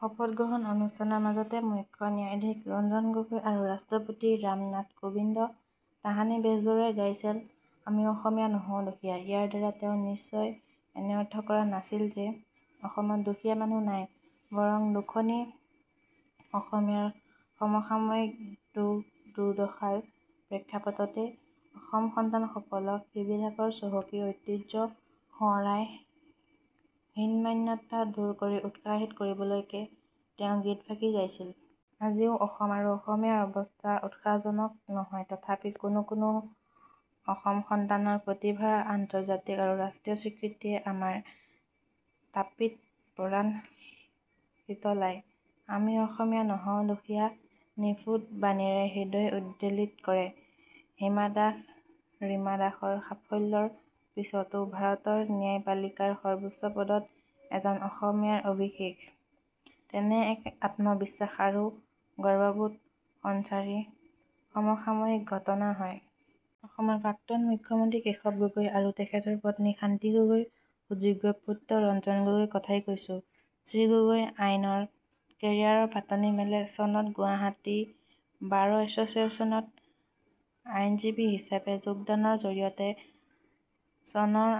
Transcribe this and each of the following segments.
শপত গ্ৰহণ অনুষ্ঠানৰ মাজতে মুখ্য ন্যায়াধীশ ৰঞ্জন গগৈ আৰু ৰাষ্ট্ৰপতি ৰামনাথ কোবিন্দ। তাহানি বেজবৰুৱাই গাইছিল "আমি অসমীয়া নহওঁ দুখীয়া" ইয়াৰ দ্বাৰা তেওঁ নিশ্চয় এনে অৰ্থ কৰা নাছিল যে অসমত দুখীয়া মানুহ নাই, বৰং দুখুনী অসমীৰ সমসাময়িক দুখদুৰ্দশাৰ প্ৰেক্ষাপটতে অসম সন্তানসকলক সিবিলাকৰ চহকী ঐতিহ্য সোঁৱৰাই হীনমন্যতা দূৰ কৰি উৎসাহিত কৰিবলৈকে তেওঁ গীতফাকি গাইছিল।‌ আজিও অসম আৰু অসমীয়াৰ অৱস্থা উৎসাহজনক নহয় তথাপি কোনো কোনো অসমসন্তানৰ প্ৰতিভাৰ আন্তৰ্জাতিক আৰু ৰাষ্ট্ৰীয় স্বীকৃতিয়ে আমাৰ তাপিত পৰাণ শীতলাই। আমি অসমীয়া নহওঁ দুখীয়াৰ নিফুট বাণীৰে হৃদয় উদ্বেলিত কৰে। হিমা দাস, ৰীমা দাসৰ সাফল্যৰ পিছতে ভাৰতৰ ন্যায়পালিকাৰ সৰ্বোচ্চ পদত এজন অসমীয়াৰ অভিষেক, তেনে এক আত্মবিশ্বাস আৰু গৰ্ববোধ সঞ্চাৰী সমসাময়িক ঘটনা হয় ।‌ অসমৰ প্ৰাক্তন মুখ্য মন্ত্ৰী কেশৱ গগৈ আৰু তেখেতৰ পত্নী শান্তি গগৈৰ সুযোগ্য পুত্ৰ ৰঞ্জন গগৈৰ কথাই কৈছোঁ। শ্ৰী গগৈয়ে আইনৰ কেৰিয়াৰৰ পাতনি মেলে চনত গুৱাহাটী বাৰ এছচিয়েশ্যনত আইনজীৱী হিচাপে যোগদানৰ জৰিয়তে চনৰ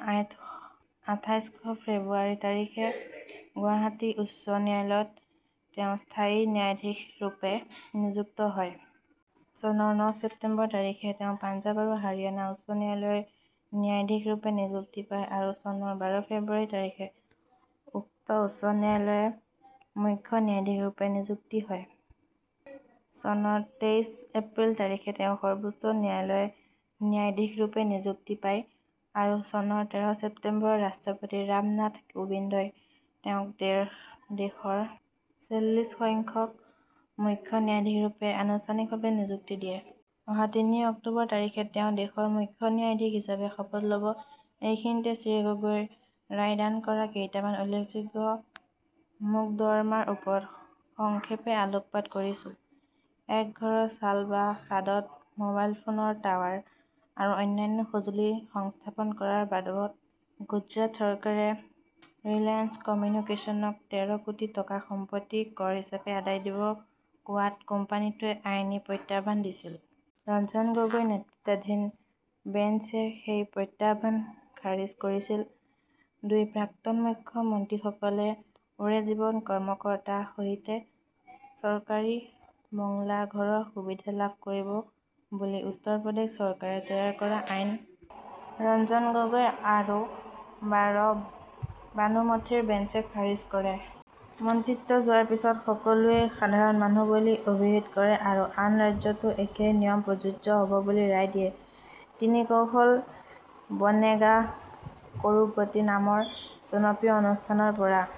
আঠাইশ ফেব্ৰুৱাৰি তাৰিখে গুৱাহাটী উচ্চ ন্যায়ালত তেওঁ স্থায়ী ন্যায়াধীশৰূপে নিযুক্ত হয়। চনৰ ন ছেপ্তেম্বৰ তাৰিখে তেওঁ পাঞ্জাব আৰু হাৰিয়ানা উচ্চ ন্যায়ালয়ৰ ন্যায়াধীশৰূপে নিযুক্তি পায় আৰু চনৰ বাৰ ফেব্ৰুৱাৰি তাৰিখে উক্ত উচ্চ ন্যায়ালয়ৰে মুখ্য ন্যায়াধীশৰূপে নিযুক্ত হয়। চনৰ তেইছ এপ্ৰিল তাৰিখে তেওঁ সৰ্বোচ্চ ন্যায়ালয়ৰ ন্যায়াধীশৰূপে নিযুক্তি পায় আৰু চনৰ তেৰ ছেপ্তেম্বৰত ৰাষ্ট্ৰপতি ৰামনাথ কোবিন্দই তেওঁক দেশৰ ছেল্লিছ সংখ্যক মুখ্য ন্যায়াধীশৰূপে আনুষ্ঠানিকভাৱে নিযুক্তি দিয়ে। অহা তিনি অক্টোবৰ তাৰিখে তেওঁ দেশৰ মুখ্য ন্যায়াধীশ হিচাপে শপত ল'ব। এইখিনিতে শ্ৰী গগৈয়ে ৰায়দান কৰা কেইটামান উল্লেখযোগ্য মোকৰ্দমাৰ ওপৰত সংক্ষেপে আলোকপাত কৰিছো। এক - ঘৰৰ চাল বা ছাদত মবাইল ফোনৰ টাৱাৰ আৰু অন্যান্য সঁজুলি সংস্থাপন কৰাৰ বাবদ গুজৰাট চৰকাৰে ৰিলায়েন্স কম্যুনিকেইশ্যনক তেৰ কোটি টকা সম্পত্তি কৰ হিচাপে আদায় দিব কোৱাত কোম্পানিটোৱে আইনী প্ৰত্যাহ্বান দিছিল । ৰঞ্জন গগৈ নেতৃত্বাধীন বেন্সে সেই প্ৰত্যাহ্বান খাৰিজ কৰিছিল। দুই- প্ৰাক্তন মুখ্য মন্ত্ৰীসকলে ওৰে জীৱন কৰ্মকৰ্তা সহিতে চৰকাৰী বঙলা ঘৰৰ সুবিধা লাভ কৰিব বুলি উত্তৰ প্ৰদেশ চৰকাৰে তৈয়াৰ কৰা আইন ৰঞ্জন গগৈ আৰু আৰ্ বানুমথীৰ বেন্সে খাৰিজ কৰে। মন্ত্ৰীত্ব যোৱাৰ পিছত সকলোৱেই সাধাৰণ মানুহ বুলি অভিহিত কৰে আৰু আন ৰাজ্যতো একেই নিয়ম প্ৰযোজ্য হব বুলি ৰায় দিয়ে।‌ তিনি- কৌন বনেগা কৰোড়পতি নামৰ জনপ্ৰিয় অনুষ্ঠানৰ পৰা